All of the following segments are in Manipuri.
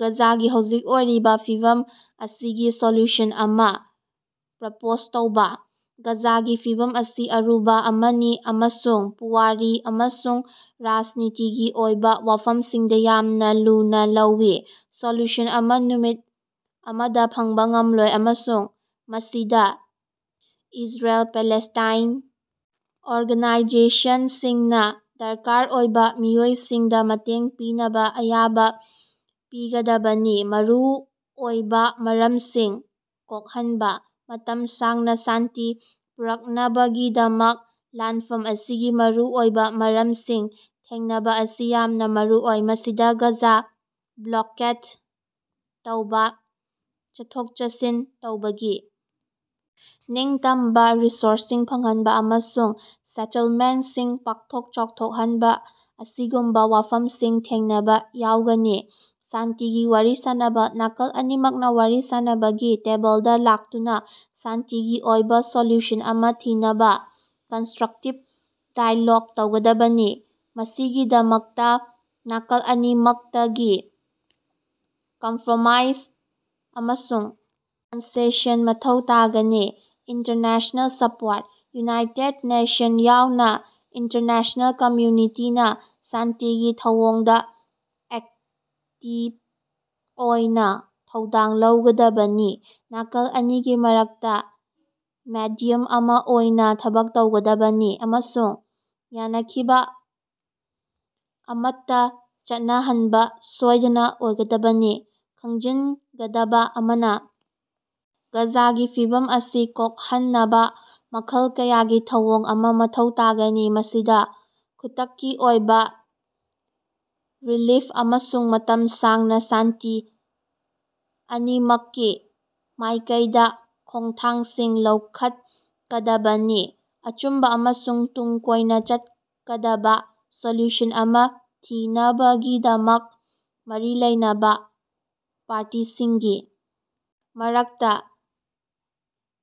ꯒꯥꯖꯥꯒꯤ ꯍꯧꯖꯤꯛ ꯑꯣꯏꯔꯤꯕ ꯐꯤꯚꯝ ꯑꯁꯤꯒꯤ ꯁꯣꯂꯨꯁꯟ ꯑꯃ ꯄ꯭ꯔꯄꯣꯖ ꯇꯧꯕ꯫ ꯒꯥꯖꯥꯒꯤ ꯐꯤꯚꯝ ꯑꯁꯤ ꯑꯔꯨꯕ ꯑꯃꯅꯤ ꯑꯃꯁꯨꯡ ꯄꯨꯋꯥꯔꯤ ꯑꯃꯁꯨꯡ ꯔꯥꯖꯅꯤꯇꯤꯒꯤ ꯑꯣꯏꯕ ꯋꯥꯐꯝꯁꯤꯡꯗ ꯌꯥꯝꯅ ꯂꯨꯅꯥ ꯂꯧꯏ꯫ ꯁꯣꯂꯨꯁꯟ ꯑꯃ ꯅꯨꯃꯤꯠ ꯑꯃꯗ ꯐꯪꯕ ꯉꯝꯂꯣꯏ, ꯑꯃꯁꯨꯡ ꯃꯁꯤꯗ ꯏꯖꯔꯦꯜ, ꯄꯦꯂꯦꯁ꯭ꯇꯥꯏꯟ, ꯑꯣꯔꯒꯅꯥꯏꯖꯦꯁꯟꯁꯤꯡꯅ ꯗꯔꯀꯥꯔ ꯑꯣꯏꯕ ꯃꯤꯑꯣꯏꯁꯤꯡꯗ ꯃꯇꯦꯡ ꯄꯤꯅꯕꯥ ꯑꯌꯥꯕ ꯄꯤꯒꯗꯕꯅꯤ꯫ ꯃꯔꯨ ꯑꯣꯏꯕ ꯃꯔꯝꯁꯤꯡ ꯀꯣꯛꯍꯟꯕ - ꯃꯇꯝ ꯁꯥꯡꯅ ꯁꯥꯟꯇꯤ ꯄꯨꯔꯛꯅꯕꯒꯤꯗꯃꯛ ꯂꯥꯟꯐꯝ ꯑꯁꯤꯒꯤ ꯃꯔꯨ ꯑꯣꯏꯕ ꯃꯔꯝꯁꯤꯡ ꯊꯦꯡꯅꯕꯥ ꯑꯁꯤ ꯌꯥꯝꯅ ꯃꯔꯨ ꯑꯣꯏ꯫ ꯃꯁꯤꯗ ꯒꯥꯖꯥ ꯕ꯭ꯂꯣꯀꯦꯗ ꯇꯧꯕ, ꯆꯠꯊꯣꯛ-ꯆꯠꯁꯤꯟ ꯇꯧꯕꯒꯤ ꯅꯤꯡꯇꯝꯕ, ꯔꯤꯁꯣꯔꯁꯁꯤꯡ ꯐꯪꯍꯟꯕ, ꯑꯃꯁꯨꯡ ꯁꯦꯇꯜꯃꯦꯟꯇꯁꯤꯡ ꯄꯥꯛꯊꯣꯛ ꯆꯥꯎꯊꯣꯛꯍꯟꯕ ꯑꯁꯤꯒꯨꯝꯕ ꯋꯥꯐꯝꯁꯤꯡ ꯊꯦꯡꯅꯕ ꯌꯥꯎꯒꯅꯤ꯫ ꯁꯥꯟꯇꯤꯒꯤ ꯋꯥꯔꯤ ꯁꯥꯅꯕꯥ -ꯅꯥꯀꯜ ꯑꯅꯤꯃꯛꯅ ꯋꯥꯔꯤ ꯁꯥꯅꯕꯒꯤ ꯇꯦꯕꯜꯗꯥ ꯂꯥꯛꯇꯨꯅ ꯁꯥꯟꯇꯤꯒꯤ ꯑꯣꯏꯕ ꯁꯣꯂꯨꯁꯟ ꯑꯃ ꯊꯤꯅꯕꯥ ꯀꯟꯁꯇ꯭ꯔꯛꯇꯤꯕ ꯗꯥꯏꯂꯣꯒ ꯇꯧꯒꯗꯕꯅꯤ꯫ ꯃꯁꯤꯒꯤꯗꯃꯛꯇ ꯅꯥꯀꯜ ꯑꯅꯤꯃꯛꯇꯒꯤ ꯀꯝꯐ꯭ꯔꯣꯃꯥꯏꯖ ꯑꯃꯁꯨꯡ ꯀꯟꯁꯦꯁꯟ ꯃꯊꯧ ꯇꯥꯒꯅꯤ꯫ ꯏꯟꯇꯔꯅꯦꯁ꯭ꯅꯦꯜ ꯁꯄꯣꯔꯠ - ꯌꯨꯅꯥꯏꯇꯦꯗ ꯅꯦꯁꯟꯁ ꯌꯥꯎꯅ ꯏꯟꯇꯔꯅꯦꯁ꯭ꯅꯦꯜ ꯀꯝꯃ꯭ꯌꯨꯅꯤꯇꯤꯅ ꯁꯥꯟꯇꯤꯒꯤ ꯊꯧꯑꯣꯡꯗ ꯑꯦꯛꯇꯤꯕ ꯑꯣꯏꯅ ꯊꯧꯗꯥꯡ ꯂꯧꯒꯗꯕꯅꯤ, ꯅꯥꯀꯜ ꯑꯅꯤꯒꯤ ꯃꯔꯛꯇ ꯃꯦꯗꯤꯌꯝ ꯑꯃ ꯑꯣꯏꯅ ꯊꯕꯛ ꯇꯧꯒꯗꯕꯅꯤ ꯑꯃꯁꯨꯡ ꯌꯥꯅꯈꯤꯕ ꯑꯃꯠꯇ ꯆꯠꯅꯍꯟꯕ ꯁꯣꯏꯗꯅ ꯑꯣꯏꯒꯗꯕꯅꯤ꯫ ꯈꯪꯖꯤꯟꯒꯗꯕꯥ ꯑꯃꯅ, ꯒꯥꯖꯥꯒꯤ ꯐꯤꯚꯝ ꯑꯁꯤ ꯀꯣꯛꯍꯟꯅꯕ ꯃꯈꯜ ꯀꯌꯥꯒꯤ ꯊꯧꯑꯣꯡ ꯑꯃ ꯃꯊꯧ ꯇꯥꯒꯅꯤ, ꯃꯁꯤꯗ ꯈꯨꯗꯛꯀꯤ ꯑꯣꯏꯕ ꯔꯤꯂꯤꯐ ꯑꯃꯁꯨꯡ ꯃꯇꯝ ꯁꯥꯡꯅ ꯁꯥꯟꯇꯤ ꯑꯅꯤꯃꯛꯀꯤ ꯃꯥꯏꯀꯩꯗ ꯈꯣꯡꯊꯥꯡꯁꯤꯡ ꯂꯧꯈꯠꯀꯗꯕꯅꯤ꯫ ꯑꯆꯨꯝꯕ ꯑꯃꯁꯨꯡ ꯇꯨꯡ ꯀꯣꯏꯅ ꯆꯠꯀꯗꯕ ꯁꯣꯂꯨꯁꯟ ꯑꯃ‌ ꯊꯤꯅꯕꯒꯤꯗꯃꯛ ꯃꯔꯤ ꯂꯩꯅꯕ ꯄꯥꯔꯇꯤꯁꯤꯡꯒꯤ ꯃꯔꯛꯇ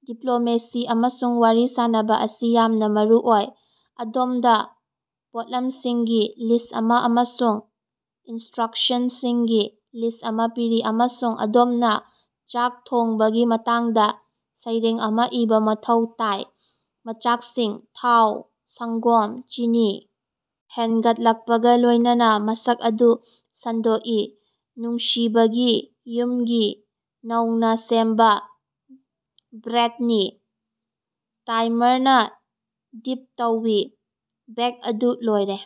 ꯗꯤꯄ꯭ꯂꯣꯃꯦꯁꯤ ꯑꯃꯁꯨꯡ ꯋꯥꯔꯤ ꯁꯥꯅꯕꯥ ꯑꯁꯤ ꯌꯥꯝꯅ ꯃꯔꯨ ꯑꯣꯏ꯫ ꯑꯗꯣꯝꯗ ꯄꯣꯠꯂꯝꯁꯤꯡꯒꯤ ꯂꯤꯁ꯭ꯠ ꯑꯃ ꯑꯃꯁꯨꯡ ꯏꯟꯁꯇ꯭ꯔꯛꯁꯟꯁꯤꯡꯒꯤ ꯂꯤꯁ꯭ꯠ ꯑꯃ ꯄꯤꯔꯤ, ꯑꯃꯁꯨꯡ ꯑꯗꯣꯝꯅ ꯆꯥꯛ ꯊꯣꯡꯕꯒꯤ ꯃꯇꯥꯡꯗ ꯁꯩꯔꯦꯡ ꯑꯃ ꯏꯕꯥ ꯃꯊꯧ ꯇꯥꯏ꯫ ꯃꯆꯥꯛꯁꯤꯡ - ꯊꯥꯎ, ꯁꯪꯒꯣꯝ, ꯆꯤꯅꯤ, ꯍꯦꯟꯒꯠꯂꯛꯄꯒ ꯂꯣꯏꯅꯅꯥ ꯃꯁꯛ ꯑꯗꯨ ꯁꯟꯗꯣꯛꯏ, ꯅꯨꯡꯁꯤꯕꯒꯤ, ꯌꯨꯝꯒꯤ, ꯅꯧꯅ ꯁꯦꯝꯕ ꯕ꯭ꯔꯦꯗꯅꯤ, ꯇꯥꯏꯃꯔꯅ ꯕꯤꯞ ꯇꯧꯏ, ꯕꯦꯛ ꯑꯗꯨ ꯂꯣꯏꯔꯦ꯫